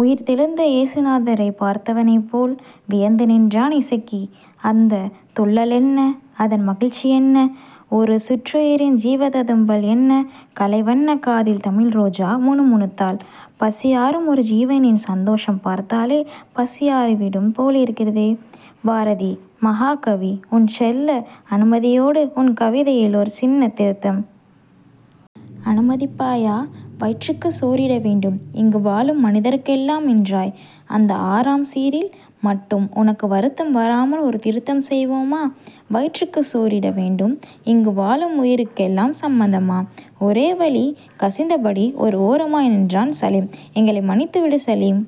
உயிர்த்தெழுந்த ஏசுநாதரைப் பார்த்தவனைப்போல் வியந்து நின்றான் இசக்கி. அந்தத் துள்ளலென்ன. அதன் மகிழ்ச்சியென்ன. ஒரு சிற்றுயிரின் ஜீவததும்பல் என்ன. கலைவண்ணன் காதில் தமிழ்ரோஜா முணுமுணுத்தாள். பசியாறும் ஒரு ஜீவனின் சந்தோஷம் பார்த்தாலே பசியாறிவிடும் போலிருக்கிறதே. பாரதீ. மகாகவி. உன் செல்ல அனுமதியோடு உன் கவிதையில் ஒரு சின்னத் திருத்தம். அனுமதிப்பாயா? வயிற்றுக்குச் சோறிட வேண்டும் இங்கு வாழும் மனிதருக்கெல்லாம் என்றாய். அந்த ஆறாம் சீரில் மட்டும் உனக்கு வருத்தம் வராமல் ஒரு திருத்தம் செய்வோமா? வயிற்றுக்குச் சோறிட வேண்டும் இங்கு வாழும் உயிர்களுக்கெல்லாம். சம்மதமா? ஓர விழி கசிந்தபடி ஓர் ஓரமாய் நின்றான் சலீம். எங்களை மன்னித்துவிடு சலீம்.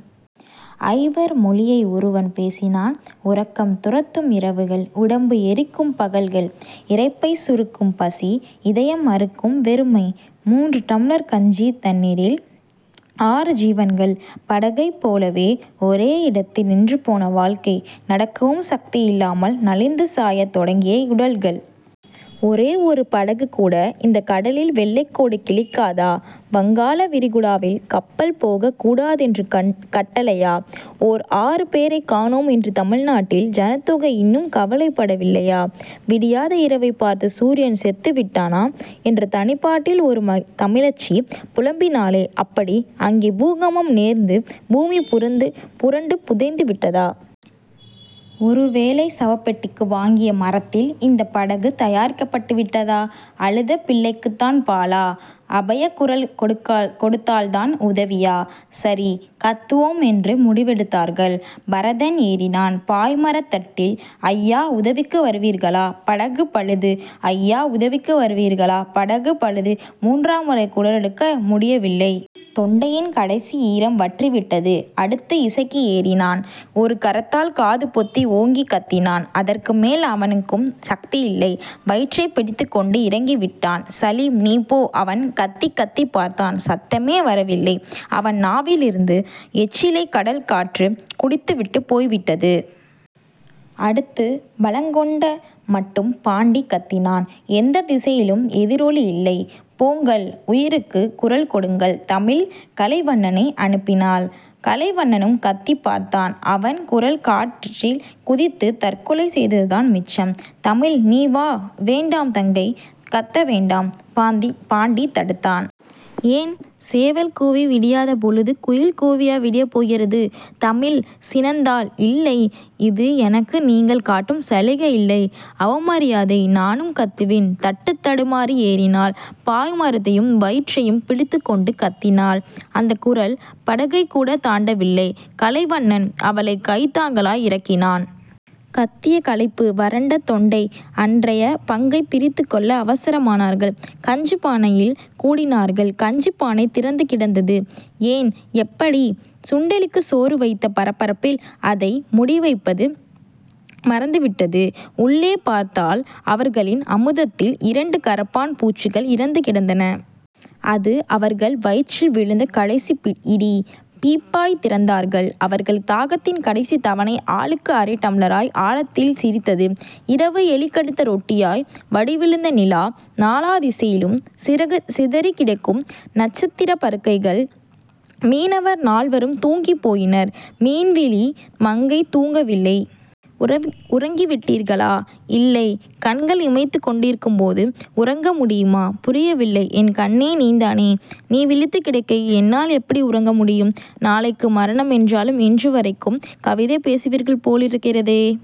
ஐவர் மொழியை ஒருவன் பேசினான். உறக்கம் துரத்தும் இரவுகள். உடம்பு எரிக்கும் பகல்கள். இரைப்பை சுருக்கும் பசி. இதயம் அறுக்கும் வெறுமை. முன்று டம்ளர் கஞ்சித் தண்ணீரில் ஆறு ஜீவன்கள். படகைப் போலவே ஒரே இடத்தில் நின்றுபோன வாழ்க்கை. நடக்கவும் சக்தியில்லாமல் நலிந்து சாயத் தொடங்கிய உடல்கள். ஒரே ஒரு படகுகூட இந்தக் கடலில் வெள்ளைக்கோடு கிழிக்காதா? வங்காள விரிகுடாவில் கப்பல் போகக் கூடாதென்று கட்டளையா? ஓர் ஆறு பேரைக் காணோம் என்று தமிழ்நாட்டின் ஜனத்தொகை இன்னும் கவலைப்படவில்லையா? விடியாத இரவைப் பார்த்து சூரியன் செத்துவிட்டானா? என்று தனிப்பாட்டில் ஒரு தமிழச்சி புலம்பினாளே. அப்படி அங்கே பூகம்பம் நேர்ந்து பூமி புரண்டு புதைந்துவிட்டதா? ஒருவேளை சவப்பெட்டிக்கு வாங்கிய மரத்தில் இந்தப் படகு தயாரிக்கப்பட்டுவிட்டதா? அழுத பிள்ளைக்குத்தான் பாலா? அபயக்குரல் கொடுத்தால்தான் உதவியா? சரி. கத்துவோம்என்று முடிவெடுத்தார்கள். பரதன் ஏறினான் பாய்மரத் தட்டில். அய்யா உதவிக்கு வருவீர்களா? படகு பழுது. அய்யா உதவிக்கு வருவீர்களா? படகு பழுது. முன்றாம் முறை குரலெடுக்க முடியவில்லை. தொண்டையின் கடைசி ஈரம் வற்றிவிட்டது. அடுத்து இசக்கி ஏறினான். ஒரு கரத்தால் காதுபொத்தி ஓங்கிக் கத்தினான். அதற்குமேல் அவனுக்கும் சக்தி இல்லை. வயிற்றைப் பிடித்துக் கொண்டு இறங்கிவிட்டான். சலீம். நீ போ அவன் கத்திக் கத்திப் பார்த்தான். சத்தமே வரவில்லை. அவன் நாவிலிருந்த எச்சிலைக் கடற்காற்று குடித்துவிட்டுப் போய்விட்டது. அடுத்து பலங்கொண்ட மட்டும் பாண்டி கத்தினான். எந்தத் திசையிலும் எதிரொலியில்லை. போங்கள். உயிருக்கு குரல் கொடுங்கள் தமிழ் கலைவண்ணனை அனுப்பினாள். கலைவண்ணனும் கத்திப் பார்த்தான். அவன் குரல் காற்றில் குதித்துத் தற்கொலை செய்ததுதான் மிச்சம். தமிழ். நீ வா. வேண்டாம். தங்கை கத்த வேண்டாம் பாண்டி தடுத்தான். ஏன்? சேவல் கூவி விடியாத பொழுது குயில் கூவியா விடியப் போகிறது? தமிழ் சினந்தாள். இல்லை. இது எனக்கு நீங்கள் காட்டும் சலுகையில்லை. அவமரியாதை. நானும் கத்துவேன். தட்டுத் தடுமாறி ஏறினாள். பாய்மரத்தையும் வயிற்றையும் பிடித்துக் கொண்டு கத்தினாள். அந்தக் குரல் படகைக்கூடத் தாண்டவில்லை. கலைவண்ணன் அவளைக் கைத்தாங்கலாய் இறக்கினான். கத்திய களைப்பு. வறண்ட தொண்டை. அன்றைய பங்கைப் பிரித்துக் கொள்ள அவசரமானார்கள். கஞ்சிப் பானையில் கூடினார்கள். கஞ்சிப் பானை திறந்து கிடந்தது. ஏன்? எப்படி? சுண்டெலிக்குச் சோறு வைத்த பரபரப்பில் அதை முடிவைப்பது மறந்துவிட்டது. உள்ளே பார்த்தால் அவர்களின் அமுதத்தில் இரண்டு கரப்பான் பூச்சிகள் இறந்துகிடந்தன. அது அவர்கள் வயிற்றில் விழுந்த கடைசி இடி. பீப்பாய் திறந்தார்கள். அவர்கள் தாகத்தின் கடைசித் தவணை ஆளுக்கு அரை டம்ளராய் ஆழத்தில் சிரித்தது. இரவு. எலிகடித்த ரொட்டியாய் வடிவிழந்த நிலா. நாலா திசையிலும் சிதறிக்கிடக்கும் நட்சத்திரப் பருக்கைகள். மீனவர் நால்வரும் தூங்கிப் போயினர். மீன்விழி மங்கை தூங்கவில்லை. உறங்கிவிட்டீர்களா? இல்லை. கண்கள் இமைத்துக் கொண்டிருக்கும்போது உறங்க முடியுமா? புரியவில்லை. என் கண்ணே நீதானே. நீ விழித்துக் கிடக்கையில் என்னால் எப்படி உறங்க முடியும்? நாளைக்கு மரணமென்றாலும் இன்றுவரைக்கும் கவிதை பேசுவீர்கள் போலிருக்கிறதே.